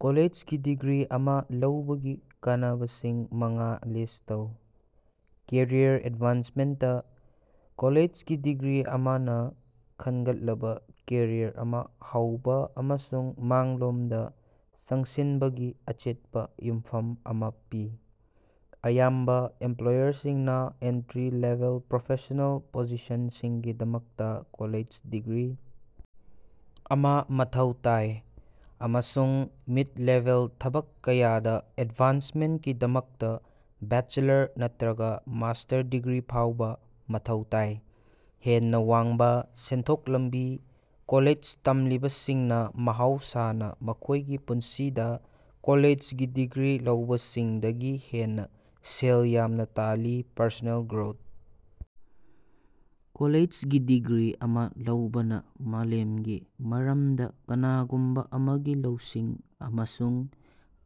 ꯀꯣꯂꯦꯖꯒꯤ degree ꯑꯃ ꯂꯧꯕꯒꯤ ꯀꯥꯟꯅꯕꯁꯤꯡ ꯃꯉꯥ ꯂꯤꯁ꯭ꯠ ꯇꯧ꯫ ꯀꯦꯔꯤꯌꯔ ꯑꯦꯗꯚꯥꯟꯁꯃꯦꯟꯇ - ꯀꯣꯂꯦꯖꯒꯤ ꯗꯤꯒ꯭ꯔꯤ ꯑꯃꯅ ꯈꯟꯒꯠꯂꯕꯥ ꯀꯦꯔꯤꯌꯔ ꯑꯃ ꯍꯧꯕ ꯑꯃꯁꯨꯡ ꯃꯥꯡꯂꯣꯝꯗ ꯆꯪꯁꯤꯟꯕꯒꯤ ꯑꯆꯦꯠꯄ ꯌꯨꯝꯐꯝ ꯑꯃ ꯄꯤ꯫ ꯑꯌꯥꯝꯕ ꯏꯝꯄ꯭ꯂꯣꯌꯔꯁꯤꯡꯅ ꯑꯦꯟꯇꯔꯤ ꯂꯦꯚꯦꯜ ꯄ꯭ꯔꯣꯐꯦꯁꯅꯦꯜ ꯄꯣꯖꯤꯁꯟꯁꯤꯡꯒꯤꯗꯃꯛꯇ ꯀꯣꯂꯦꯖ ꯗꯤꯒ꯭ꯔꯤ ꯑꯃ ꯃꯊꯧ ꯇꯥꯏ, ꯑꯃꯁꯨꯡ ꯃꯤꯗ-ꯂꯦꯚꯦꯜꯒꯤ ꯊꯕꯛ ꯀꯌꯥꯗ ꯑꯦꯗꯚꯥꯟꯁꯃꯦꯟꯇꯀꯤꯗꯃꯛꯇ ꯕꯦꯆꯦꯂꯔ ꯅꯠꯇꯔꯒ ꯃꯥꯁ꯭ꯇꯔ ꯗꯤꯒ꯭ꯔꯤ ꯐꯥꯎꯕ ꯃꯊꯧ ꯇꯥꯏ꯫ ꯍꯦꯟꯅ ꯋꯥꯡꯕ ꯁꯦꯟꯊꯣꯛ ꯂꯝꯕꯤ- ꯀꯣꯂꯦꯖ ꯇꯝꯂꯤꯕꯁꯤꯡꯅ ꯃꯍꯧꯁꯥꯅ ꯃꯈꯣꯏꯒꯤ ꯄꯨꯟꯁꯤꯗ ꯀꯣꯂꯦꯖꯒꯤ ꯗꯤꯒ꯭ꯔꯤ ꯂꯩꯇꯕꯁꯤꯡꯗꯒꯤ ꯍꯦꯟꯅ ꯁꯦꯜ ꯌꯥꯝꯅ ꯇꯥꯜꯂꯤ꯫ ꯄꯔꯁꯣꯅꯦꯜ ꯒ꯭ꯔꯣꯊ- ꯀꯣꯂꯦꯖꯒꯤ ꯗꯤꯒ꯭ꯔꯤ ꯑꯃ ꯂꯧꯕꯅ ꯃꯥꯂꯦꯝꯒꯤ ꯃꯔꯝꯗ ꯀꯅꯥꯒꯨꯝꯕ ꯑꯃꯒꯤ ꯂꯧꯁꯤꯡ ꯑꯃꯁꯨꯡ ꯂꯧꯁꯤꯡ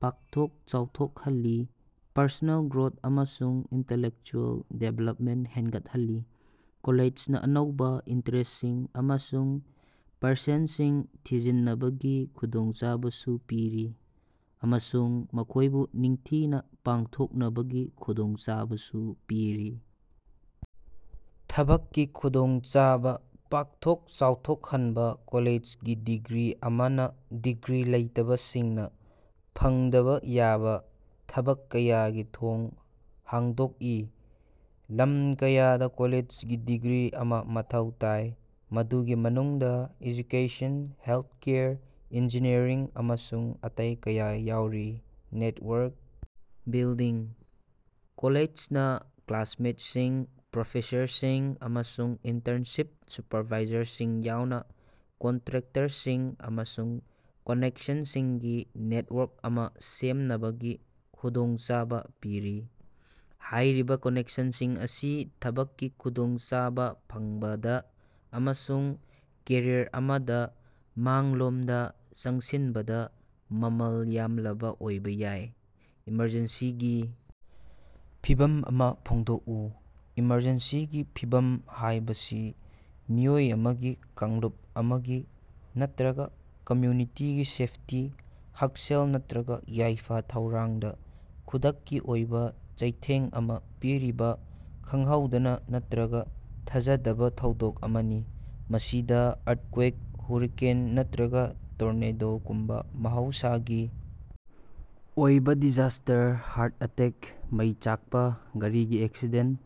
ꯄꯥꯛꯊꯣꯛ ꯆꯥꯎꯊꯣꯛꯍꯜꯂꯤ, ꯄꯔꯁꯣꯅꯦꯜ ꯒ꯭ꯔꯣꯊ ꯑꯃꯁꯨꯡ ꯏꯟꯇꯦꯂꯦꯛꯆꯨꯑꯦꯜ ꯗꯤꯚꯦꯂꯞꯃꯦꯟꯇ ꯍꯦꯟꯒꯠꯍꯜꯂꯤ꯫ ꯀꯣꯂꯦꯖꯅ ꯑꯅꯧꯕ ꯏꯟꯇꯔꯦꯁ꯭ꯇꯁꯤꯡ ꯑꯃꯁꯨꯡ ꯄ꯭ꯌꯥꯁꯟꯁꯤꯡ ꯊꯤꯖꯤꯅꯕꯒꯤ ꯈꯨꯗꯣꯡꯆꯥꯕꯁꯨ ꯄꯤꯔꯤ, ꯑꯃꯁꯨꯡ ꯃꯈꯣꯏꯕꯨ ꯅꯤꯡꯊꯤꯅ ꯄꯥꯡꯊꯣꯛꯅꯕꯒꯤ ꯈꯨꯗꯣꯡꯆꯥꯕꯁꯨ ꯄꯤꯔꯤ꯫ ꯊꯕꯛꯀꯤ ꯈꯨꯗꯣꯡꯆꯥꯕ ꯄꯥꯛꯊꯣꯛ ꯆꯥꯎꯊꯣꯛꯍꯟꯕ - ꯀꯣꯂꯦꯖꯒꯤ ꯗꯤꯒ꯭ꯔꯤ ꯑꯃꯅ ꯗꯤꯒ꯭ꯔꯤ ꯂꯩꯇꯕꯁꯤꯡꯅ ꯐꯪꯗꯕꯥ ꯌꯥꯕ ꯊꯕꯛ ꯀꯌꯥꯒꯤ ꯊꯣꯡ ꯍꯥꯡꯗꯣꯛꯏ꯫ ꯂꯝ ꯀꯌꯥꯗ ꯀꯣꯂꯦꯖꯒꯤ ꯗꯤꯒ꯭ꯔꯤ ꯑꯃ ꯃꯊꯧ ꯇꯥꯏ, ꯃꯗꯨꯒꯤ ꯃꯅꯨꯡꯗ ꯑꯦꯖꯨꯀꯦꯁꯟ, ꯍꯦꯜꯊꯀꯦꯌꯔ, ꯏꯟꯖꯤꯅꯤꯌꯔꯤꯡ ꯑꯃꯁꯨꯡ ꯑꯇꯩ ꯀꯌꯥ ꯌꯥꯎꯔꯤ꯫ ꯅꯦꯠꯋꯥꯔꯛ ꯕꯤꯜꯗꯤꯡ - ꯀꯣꯂꯦꯖꯅꯥ ꯀ꯭ꯂꯥꯁꯃꯦꯠꯁꯤꯡ, ꯄ꯭ꯔꯣꯐꯦꯁꯔꯁꯤꯡ, ꯑꯃꯁꯨꯡ ꯏꯟꯇ꯭ꯔꯟꯁꯤꯞ ꯁꯨꯄꯔꯚꯥꯏꯖꯔꯁꯤꯡ ꯌꯥꯎꯅ ꯀꯟꯇꯦꯛꯇꯁꯤꯡ ꯑꯃꯁꯨꯡ ꯀꯥꯅꯦꯛꯁꯟꯁꯤꯡꯒꯤ ꯅꯦꯠꯋꯥꯔꯛ ꯑꯃ ꯁꯦꯝꯅꯕꯒꯤ ꯈꯨꯗꯣꯡꯆꯥꯕ ꯄꯤꯔꯤ꯫ ꯍꯥꯏꯔꯤꯕ ꯀꯥꯅꯦꯛꯁꯟꯁꯤꯡ ꯑꯁꯤ ꯊꯕꯛꯀꯤ ꯈꯨꯗꯣꯡꯆꯥꯕ‌ ꯐꯪꯕꯗꯥ ꯑꯃꯁꯨꯡ ꯀꯦꯔꯤꯌꯔ ꯑꯃꯗ ꯃꯥꯡꯂꯣꯝꯗ ꯆꯪꯁꯤꯟꯕꯗꯥ ꯃꯃꯜ ꯌꯥꯝꯂꯕꯥ ꯑꯣꯏꯕ ꯌꯥꯏ꯫ ꯑꯦꯃꯔꯖꯦꯟꯁꯤꯒꯤ ꯐꯤꯚꯝ ꯑꯃ ꯐꯣꯡꯗꯣꯛꯎ꯫ ꯑꯦꯃꯔꯖꯦꯟꯁꯤꯒꯤ ꯐꯤꯚꯝ ꯍꯥꯏꯕꯁꯤ ꯃꯤꯑꯣꯏ ꯑꯃꯒꯤ, ꯀꯥꯡꯂꯨꯞ ꯑꯃꯒꯤ ꯅꯠꯇꯔꯒ ꯀꯝꯃ꯭ꯌꯨꯅꯤꯇꯤ ꯑꯃꯒꯤ ꯁꯦꯐꯇꯤ, ꯍꯛꯁꯦꯜ ꯅꯠꯇꯔꯒ ꯌꯥꯏꯐ-ꯊꯧꯔꯥꯡꯗ ꯈꯨꯗꯛꯀꯤ ꯑꯣꯏꯕ ꯆꯩꯊꯦꯡ ꯑꯃ ꯄꯤꯔꯤꯕ ꯈꯪꯍꯧꯗꯅꯥ ꯅꯠꯇꯔꯒ ꯊꯥꯖꯗꯕꯥ ꯊꯧꯗꯣꯛ ꯑꯃꯅꯤ꯫ ꯃꯁꯤꯗ ꯑꯥ꯭ꯔꯊꯀ꯭ꯋꯦꯛ, ꯍꯨꯔꯤꯀꯦꯟ ꯅꯠꯇꯔꯒ ꯇꯣꯔꯅꯥꯗꯣꯒꯨꯝꯕ ꯃꯍꯧꯁꯥꯒꯤ ꯑꯣꯏꯕ ꯗꯤꯖꯥꯁꯇꯔ, ꯍꯥ꯭ꯔꯠ ꯑꯦꯇꯦꯛ, ꯃꯩ ꯆꯥꯛꯄ, ꯒꯥꯔꯤꯒꯤ ꯑꯦꯛꯁꯤꯗꯦꯟꯇ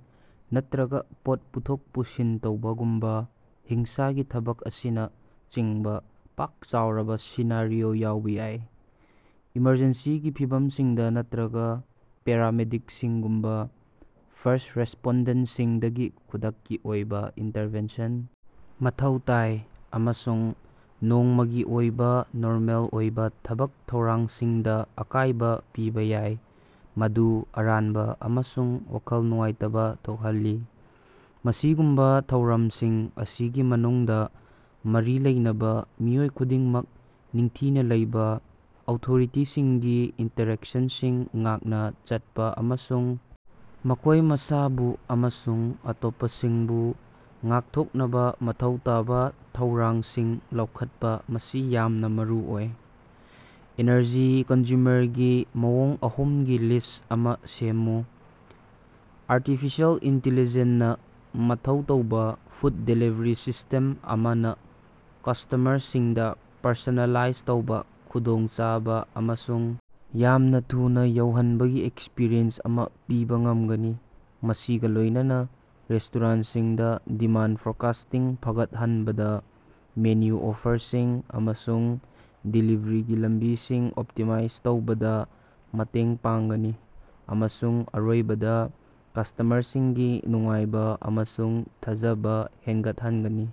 ꯅꯠꯇꯔꯒꯥ ꯄꯣꯠ ꯄꯨꯊꯣꯛ ꯄꯨꯁꯤꯟ ꯇꯧꯕꯒꯨꯝꯕ ꯍꯤꯡꯁꯥꯒꯤ ꯊꯕꯛ ꯑꯁꯤꯅꯆꯤꯡꯕ ꯄꯥꯛ-ꯆꯥꯎꯔꯕꯥ ꯁꯤꯅꯥꯔꯤꯑꯣꯁꯤꯡ ꯌꯥꯎꯕ ꯌꯥꯏ꯫ ꯑꯦꯃꯔꯖꯦꯟꯁꯤꯒꯤ ꯐꯤꯚꯝꯁꯤꯡꯗ ꯑꯌꯥꯝꯕꯗꯤ ꯄꯨꯂꯤꯁ, ꯐꯥꯏꯌꯔ ꯐꯥꯏꯇꯔꯁꯤꯡ ꯅꯠꯇꯔꯒꯥ ꯄꯦꯔꯥꯃꯦꯗꯤꯛꯁꯤꯡꯒꯨꯝꯕ ꯐꯥꯔꯁ꯭ꯠ ꯔꯦꯁꯄꯣꯟꯗꯦꯟꯇꯁꯤꯡꯗꯒꯤ ꯈꯨꯗꯛꯀꯤ ꯑꯣꯏꯕ ꯏꯟꯇꯔꯚꯦꯟꯁꯟ ꯃꯊꯧ ꯇꯥꯏ ꯑꯃꯁꯨꯡ ꯅꯣꯡꯃꯒꯤ ꯑꯣꯏꯕ ꯅꯣꯔꯃꯦꯜ ꯑꯣꯏꯕ ꯊꯕꯛ ꯊꯧꯔꯝꯁꯤꯡꯗ ꯑꯀꯥꯏꯕ ꯄꯤꯕ ꯌꯥꯏ, ꯃꯗꯨ ꯑꯔꯥꯟꯕ ꯑꯃꯁꯨꯡ ꯋꯥꯈꯜ ꯅꯨꯡꯉꯥꯏꯇꯕꯥ ꯊꯣꯛꯍꯜꯂꯤ꯫ ꯑꯁꯤꯒꯨꯝꯕ ꯊꯧꯔꯝꯁꯤꯡ ꯑꯁꯤꯒꯤ ꯃꯅꯨꯡꯗ, ꯃꯔꯤ ꯂꯩꯅꯕꯥ ꯃꯤꯑꯣꯏ ꯈꯨꯗꯤꯡꯃꯛ ꯅꯤꯡꯊꯤꯅ ꯂꯩꯕ, ꯑꯣꯊꯣꯔꯤꯇꯤꯁꯤꯡꯗꯒꯤ ꯏꯟꯁꯇ꯭ꯔꯛꯁꯟꯁꯤꯡ ꯉꯥꯛꯅ ꯆꯠꯄꯥ, ꯑꯃꯁꯨꯡ ꯃꯈꯣꯏ ꯃꯁꯥꯕꯨ ꯑꯃꯁꯨꯡ ꯑꯇꯣꯞꯄꯁꯤꯡꯕꯨ ꯉꯥꯛꯊꯣꯛꯅꯕꯥ ꯃꯊꯧ ꯇꯥꯕ ꯊꯧꯔꯥꯡꯁꯤꯡ ꯂꯧꯈꯠꯄ ꯑꯁꯤ ꯌꯥꯝꯅ ꯃꯔꯨꯑꯣꯏ꯫ ꯑꯦꯅꯔꯖꯤ ꯀꯟꯖ꯭ꯌꯨꯃꯔꯒꯤ ꯃꯑꯣꯡ ꯑꯍꯨꯝꯒꯤ ꯂꯤꯁ꯭ꯠ ꯑꯃ ꯁꯦꯃꯃꯨ꯫ ꯑꯥꯔꯇꯤꯐꯤꯁꯤꯑꯦꯜ ꯏꯟꯇꯤꯂꯤꯖꯦꯟꯁ ꯅꯥ ꯃꯊꯧ ꯇꯧꯕ ꯐꯨꯗ ꯗꯦꯂꯤꯕꯔꯤ ꯁꯤꯁꯇꯦꯝ ꯑꯃꯅ ꯀꯁ꯭ꯇꯃꯔꯁꯤꯡꯗ ꯄꯔꯁꯣꯅꯦꯂꯥꯏꯖ ꯇꯧꯔꯕ, ꯈꯨꯗꯣꯡꯆꯥꯕ‌ ꯑꯃꯁꯨꯡ ꯌꯥꯝꯅ ꯊꯨꯅ ꯌꯧꯍꯟꯕꯒꯤ ꯑꯦꯛꯁꯄꯔꯤꯌꯦꯟꯁ ꯑꯃ ꯄꯤꯕ ꯉꯝꯒꯅꯤ, ꯃꯁꯤꯒ ꯂꯣꯏꯅꯅꯥ ꯔꯦꯁꯇꯣꯔꯦꯟꯇꯁꯤꯡꯗ ꯗꯤꯃꯥꯟꯗ ꯐꯣꯔꯀꯥꯁꯇꯤꯡ ꯐꯒꯠꯍꯟꯕꯗꯥ, ꯃꯦꯅꯨ ꯑꯣꯐꯔꯁꯤꯡ ꯑꯃꯁꯨꯡ ꯗꯦꯂꯤꯕꯔꯤꯒꯤ ꯂꯝꯕꯤꯁꯤꯡ ꯑꯣꯞꯇꯤꯃꯥꯏꯖ ꯇꯧꯕꯗ ꯃꯇꯦꯡ ꯄꯥꯡꯒꯅꯤ, ꯑꯃꯁꯨꯡ ꯑꯔꯣꯏꯕꯗꯥ ꯀꯁ꯭ꯇꯃꯔꯁꯤꯡꯒꯤ ꯅꯨꯡꯉꯥꯏꯕ ꯑꯃꯁꯨꯡ ꯊꯥꯖꯕ ꯍꯦꯟꯒꯠꯍꯟꯒꯅꯤ꯫